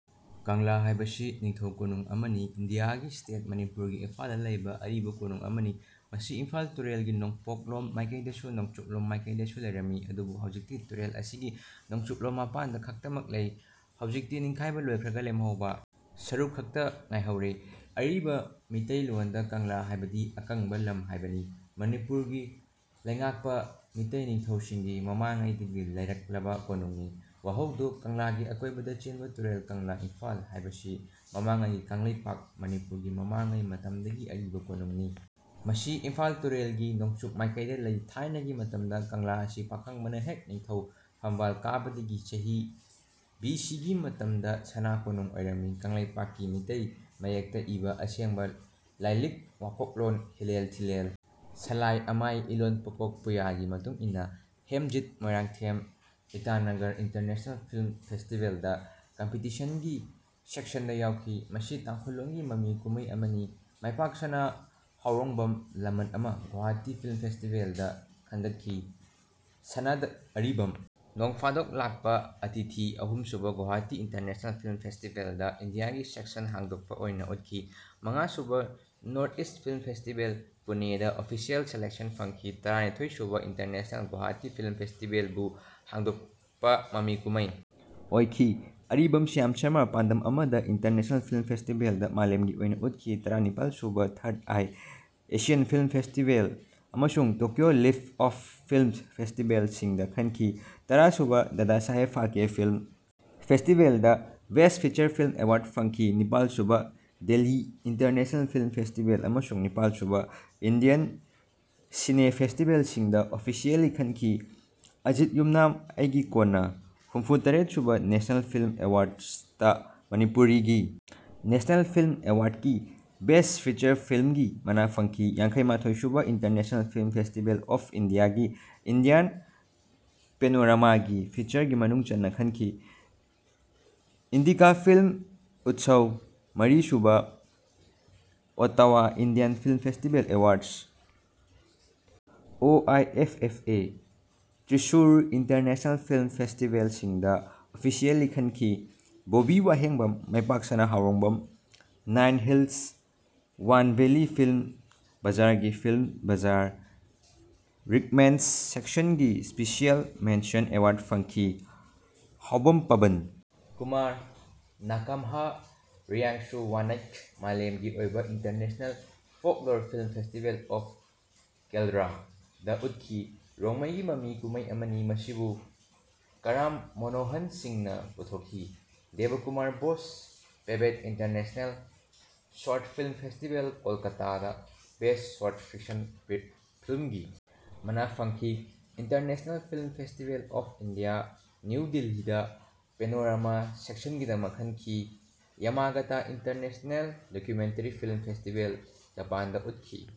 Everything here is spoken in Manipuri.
ꯀꯪꯂꯥ ꯍꯥꯏꯕꯁꯤ ꯅꯤꯡꯊꯧ ꯀꯣꯅꯨꯡ ꯑꯃꯅꯤ꯫ ꯏꯟꯗꯤꯌꯥꯒꯤ ꯁ꯭ꯇꯦꯠ ꯃꯅꯤꯄꯨꯔꯒꯤ ꯏꯝꯐꯥꯜꯗ ꯂꯩꯕ ꯑꯔꯤꯕꯥ ꯀꯣꯅꯨꯡ ꯑꯃꯅꯤ꯫ ꯃꯁꯤ ꯏꯝꯐꯥꯜ ꯇꯨꯔꯦꯜꯒꯤ ꯅꯣꯡꯄꯣꯛꯂꯣꯝ ꯃꯥꯏꯀꯩꯗꯁꯨ ꯅꯣꯡꯆꯨꯞꯂꯣꯝ ꯃꯥꯏꯀꯩꯗꯁꯨ ꯂꯩꯔꯝꯃꯤ꯫ ꯑꯗꯨꯕꯨ ꯍꯧꯖꯤꯛꯇꯤ ꯇꯨꯔꯦꯜ ꯑꯁꯤꯒꯤ ꯅꯣꯡꯆꯨꯞꯂꯣꯝ ꯃꯄꯥꯟꯗ ꯈꯛꯇꯃꯛ ꯂꯩ꯫ ꯍꯧꯖꯤꯛꯇꯤ ꯅꯤꯡꯈꯥꯏꯕ ꯂꯣꯏꯈ꯭ꯔꯒ ꯂꯦꯝꯍꯧꯕ ꯁꯔꯨꯛ ꯈꯛꯇ ꯉꯥꯏꯍꯧꯔꯦ꯫ ꯑꯔꯤꯕ ꯃꯤꯇꯩꯂꯣꯟꯗ ꯀꯪꯂꯥ ꯍꯥꯏꯕꯗꯤ ꯑꯀꯪꯕ ꯂꯝ ꯍꯥꯢꯕꯅꯤ꯫ ꯃꯅꯤꯄꯨꯔꯒꯤ ꯂꯩꯉꯥꯛꯄ ꯃꯤꯇꯩ ꯅꯤꯡꯊꯧꯁꯤꯡꯒꯤ ꯃꯃꯥꯡꯉꯩꯗꯒꯤ ꯂꯩꯔꯛꯂꯕ ꯀꯣꯅꯨꯡꯅꯤ꯫ ꯋꯥꯍꯧꯗꯣꯛ ꯀꯪꯂꯥꯒꯤ ꯑꯀꯣꯢꯕꯗ ꯆꯦꯟꯕ ꯇꯨꯔꯦꯜ ꯀꯪꯂꯥ(ꯏꯝꯐꯥꯜ) ꯍꯥꯏꯕꯁꯤ ꯃꯃꯥꯡꯉꯩ ꯒꯤ ꯀꯪꯂꯩꯄꯥꯛ(ꯃꯅꯤꯄꯨꯔ) ꯒꯤ ꯃꯃꯥꯡꯉꯩ ꯃꯇꯝꯗꯒꯤ ꯑꯔꯤꯕ ꯀꯣꯅꯨꯡ ꯅꯤ꯫ ꯃꯁꯤ ꯏꯝꯐꯥꯜ ꯇꯨꯔꯦꯜꯒꯤ ꯅꯣꯡꯆꯨꯞ ꯃꯥꯏꯀꯩꯗ ꯂꯩ꯫ ꯊꯥꯏꯅꯒꯤ ꯃꯇꯝꯗ 'ꯀꯪꯂꯥ' ꯑꯁꯤ ꯄꯥꯈꯪꯕꯅ ꯍꯦꯛ ꯅꯤꯡꯊꯧ ꯐꯝꯕꯥꯜ ꯀꯥꯕꯗꯒꯤ ꯆꯍꯤ ꯕꯤ ꯁꯤ ꯒꯤ ꯃꯇꯝꯗ ꯁꯅꯥ ꯀꯣꯅꯨꯡ ꯑꯣꯏꯔꯝꯃꯤ꯫ ꯀꯪꯂꯩꯄꯥꯛ ꯀꯤ ꯃꯤꯇꯩ ꯃꯌꯦꯛꯇ ꯏꯕ ꯑꯁꯦꯡꯕ ꯂꯥꯏꯂꯤꯛ ꯋꯥꯀꯣꯛꯂꯣꯟ ꯍꯤꯂꯦꯜ ꯊꯤꯂꯦꯜ ꯁꯂꯥꯏ ꯑꯃꯥꯏ ꯏꯂꯣꯟ ꯄꯨꯀꯣꯛ ꯄꯨꯌꯥꯒꯤ ꯃꯇꯨꯡ ꯏꯟꯅ꯫ ꯍꯦꯝꯖꯤꯠ ꯃꯣꯏꯔꯥꯡꯊꯦꯝ ꯏꯇꯥꯅꯒꯔ ꯏꯟꯇꯔꯅꯦꯁꯅꯦꯜ ꯐꯤꯜꯝ ꯐꯦꯁꯇꯤꯚꯦꯜꯗ ꯀꯝꯄꯤꯇꯤꯁꯟꯒꯤ ꯁꯦꯛꯁꯟꯗ ꯌꯥꯎꯈꯤ꯫ ꯃꯁꯤ ꯇꯥꯡꯈꯨꯜ ꯂꯣꯟꯒꯤ ꯃꯃꯤ ꯀꯨꯝꯃꯩ ꯑꯃꯅꯤ꯫ ꯃꯥꯏꯄꯥꯛꯁꯅꯥ ꯍꯥꯎꯔꯣꯡꯕꯝ 'ꯂꯃꯟ ꯑꯃꯥ' ꯒꯨꯋꯥꯍꯥꯇꯤ ꯐꯤꯜꯝ ꯐꯦꯁꯇꯤꯚꯦꯜ ꯗ ꯈꯟꯒꯠꯈꯤ꯫ ꯁꯅꯗ ꯑꯔꯤꯕꯝ 'ꯅꯣꯡꯐꯥꯗꯣꯛ ꯂꯥꯛꯄ ꯑꯇꯤꯊꯤ' ꯑꯍꯨꯝ ꯁꯨꯕ ꯒꯨꯋꯥꯍꯥꯇꯤ ꯏꯟꯇꯔꯅꯦꯁꯅꯦꯜ ꯐꯤꯜꯝ ꯐꯦꯁꯇꯤꯚꯦꯜꯗ ꯏꯟꯗꯤꯌꯥꯒꯤ ꯁꯦꯛꯁꯟ ꯍꯥꯡꯗꯣꯛꯄ ꯑꯣꯏꯅ ꯎꯠꯈꯤ꯫ ꯃꯉꯥ ꯁꯨꯕ ꯅꯣꯔ꯭ꯊ-ꯏꯁ꯭ꯇ ꯐꯤꯜꯝ ꯐꯦꯁꯇꯤꯚꯦꯜ ꯄꯨꯅꯦꯗ ꯑꯣꯐꯤꯁꯤꯌꯦꯜ ꯁꯦꯂꯦꯛꯁꯟ ꯐꯪꯈꯤ꯫ ꯇꯔꯥꯅꯤꯊꯣꯏ ꯁꯨꯕ ꯏꯟꯇꯔꯅꯦꯁꯅꯦꯜ ꯒꯨꯋꯥꯍꯥꯇꯤ ꯐꯤꯜꯝ ꯐꯦꯁꯇꯤꯚꯦꯜ ꯕꯨ ꯍꯥꯡꯗꯣꯛꯄ ꯃꯃꯤ ꯀꯨꯃꯃꯩ ꯑꯣꯏꯈꯤ꯫ ꯑꯔꯤꯕꯝ ꯁ꯭ꯌꯥꯝ ꯁꯔꯃ 'ꯄꯥꯟꯗꯝ ꯑꯃꯗ' ꯏꯟꯇꯔꯅꯦꯁꯅꯦꯜ ꯐꯤꯜꯝ ꯐꯦꯁꯇꯤꯚꯦꯜꯗ ꯃꯥꯂꯦꯝꯒꯤ ꯑꯣꯏꯅ ꯎꯠꯈꯤ꯫ ꯇꯔꯥ ꯅꯤꯄꯥꯜ ꯁꯨꯕ third eye Asian film festival ꯑꯃꯁꯨꯡ ꯇꯣꯀꯤꯌꯣ ꯂꯤꯐ꯭ꯇ-ꯑꯣꯐ ꯐꯤꯜ꯭ꯝ ꯐꯦꯁꯇꯤꯚꯦꯜ ꯁꯤꯡꯗ ꯈꯟꯈꯤ꯫ ꯇꯔꯥ ꯁꯨꯕ 'ꯗꯥꯗꯥ ꯁꯥꯍꯦꯕ' ꯐꯥꯜꯀꯦ ꯐꯤꯜꯝ ꯐꯦꯁꯇꯤꯚꯦꯜꯗ ꯕꯦꯁ꯭ꯇ ꯐꯤꯆꯔ ꯐꯤꯜꯝ ꯑꯦꯋꯥꯔ꯭ꯗ ꯐꯪꯈꯤ꯫ ꯅꯤꯄꯥꯜ ꯁꯨꯕ ꯗꯦꯜꯍꯤ ꯏꯟꯇꯔꯅꯦꯁꯅꯦꯜ ꯐꯤꯜꯝ ꯐꯦꯁꯇꯤꯚꯦꯜ ꯑꯃꯁꯨꯡ ꯅꯤꯄꯥꯜ ꯁꯨꯕ ꯏꯟꯗꯤꯌꯟ ꯁꯤꯅꯦ ꯐꯦꯁꯇꯤꯚꯦꯜ ꯁꯤꯡꯗ ꯑꯣꯐꯤꯁꯤꯌꯦꯜꯂꯤ ꯈꯟꯈꯤ꯫ ꯑꯖꯤꯠ ꯌꯨꯝꯅꯥꯝ 'ꯑꯩꯒꯤ ꯀꯣꯟꯅ' ꯍꯨꯝꯐꯨ - ꯇꯔꯦꯠ ꯁꯨꯕ ꯅꯦꯁꯅꯦꯜ ꯐꯤꯜꯝ ꯑꯦꯋꯥꯔ꯭ꯗ꯭ꯁꯇ ꯃꯅꯤꯄꯨꯔꯤꯒꯤ ꯅꯦꯁꯅꯦꯜ ꯐꯤꯜꯝ ꯑꯦꯋꯥꯔ꯭ꯗꯀꯤ ꯕꯦꯁ꯭ꯇ ꯐꯤꯆꯔ ꯐꯤꯜꯝꯒꯤ ꯃꯅꯥ ꯐꯪꯈꯤ꯫ ꯌꯥꯡꯈꯩ - ꯃꯥꯊꯣꯏ ꯁꯨꯕ ꯏꯟꯇꯔꯅꯦꯁꯅꯦꯜ ꯐꯤꯜꯝ ꯐꯦꯁꯇꯤꯚꯦꯜ ꯑꯣꯐ ꯏꯟꯗꯤꯌꯥꯒꯤ (ꯏꯟꯗꯤꯌꯟ ꯄꯦꯅꯣꯔꯥꯃꯥꯒꯤ) ꯐꯤꯆꯔꯒꯤ ꯃꯅꯨꯡ ꯆꯟꯅ ꯈꯟꯈꯤ꯫ ꯏꯟꯗꯤꯀꯥ ꯐꯤꯜꯝ ꯎꯠꯁ꯭ꯋ ꯃꯔꯤ ꯁꯨꯕ Ottawa Indian film festival awards (O I F F A) Thrissur international film festival ꯁꯤꯡꯗ ꯑꯣꯐꯤꯁꯤꯌꯦꯜꯂꯤ ꯈꯟꯈꯤ꯫ ꯕꯣꯕꯕꯤ ꯋꯥꯍꯦꯡꯕꯝ, ꯃꯥꯏꯄꯥꯛꯁꯅꯥ ꯍꯥꯎꯔꯣꯡꯕꯝ, nine hills one valley film bazaar ꯒꯤ ꯐꯤꯜꯂꯝ ꯕꯖꯥꯔ ꯔꯤꯀꯃꯦꯟ꯭ꯗ꯭ꯁ ꯁꯦꯛꯁꯟꯒꯤ ꯁ꯭ꯄꯤꯁꯤꯑꯦꯜ ꯃꯦꯟꯁꯟ ꯑꯦꯋꯥꯔ꯭ꯗ ꯐꯪꯈꯤ꯫ ꯍꯥꯎꯕꯝ ꯄꯕꯟ ꯀꯨꯃꯥꯔ ꯅꯥꯀꯥꯝꯍ-ꯔꯤꯑꯥꯡꯁꯨꯋꯥꯟꯅꯩꯛ ꯃꯥꯂꯦꯝꯒꯤ ꯑꯣꯏꯕ international folklore film festival of Kerala ꯗ ꯎꯠꯈꯤ꯫ꯔꯣꯡꯃꯩꯒꯤ ꯃꯃꯤ ꯀꯨꯝꯃꯩ ꯑꯃꯅꯤ꯫ ꯃꯁꯤꯕꯨ ꯀꯔꯥꯝ ꯃꯣꯅꯣꯃꯣꯍꯟ ꯁꯤꯡ ꯅ ꯄꯨꯊꯣꯛꯈꯤ꯫ Debkumar Bose Pebet international short film festival ꯀꯣꯜꯀꯥꯇꯗ ꯕꯦꯁ꯭ꯇ ꯁꯣꯔ꯭ꯇ ꯐꯤꯛꯁꯟ ꯐꯤꯜꯂꯝꯒꯤ ꯃꯅꯥ ꯐꯪꯈꯤ꯫ International film festival of India, new ꯗꯦꯜꯍꯤꯗ ꯄꯦꯅꯣꯔꯥꯃꯥ ꯁꯦꯛꯁꯟꯒꯤꯗꯃꯛ ꯈꯟꯈꯤ꯫ Yamagata international documentary film festival, ꯖꯥꯄꯥꯟꯗ ꯎꯠꯈꯤ꯫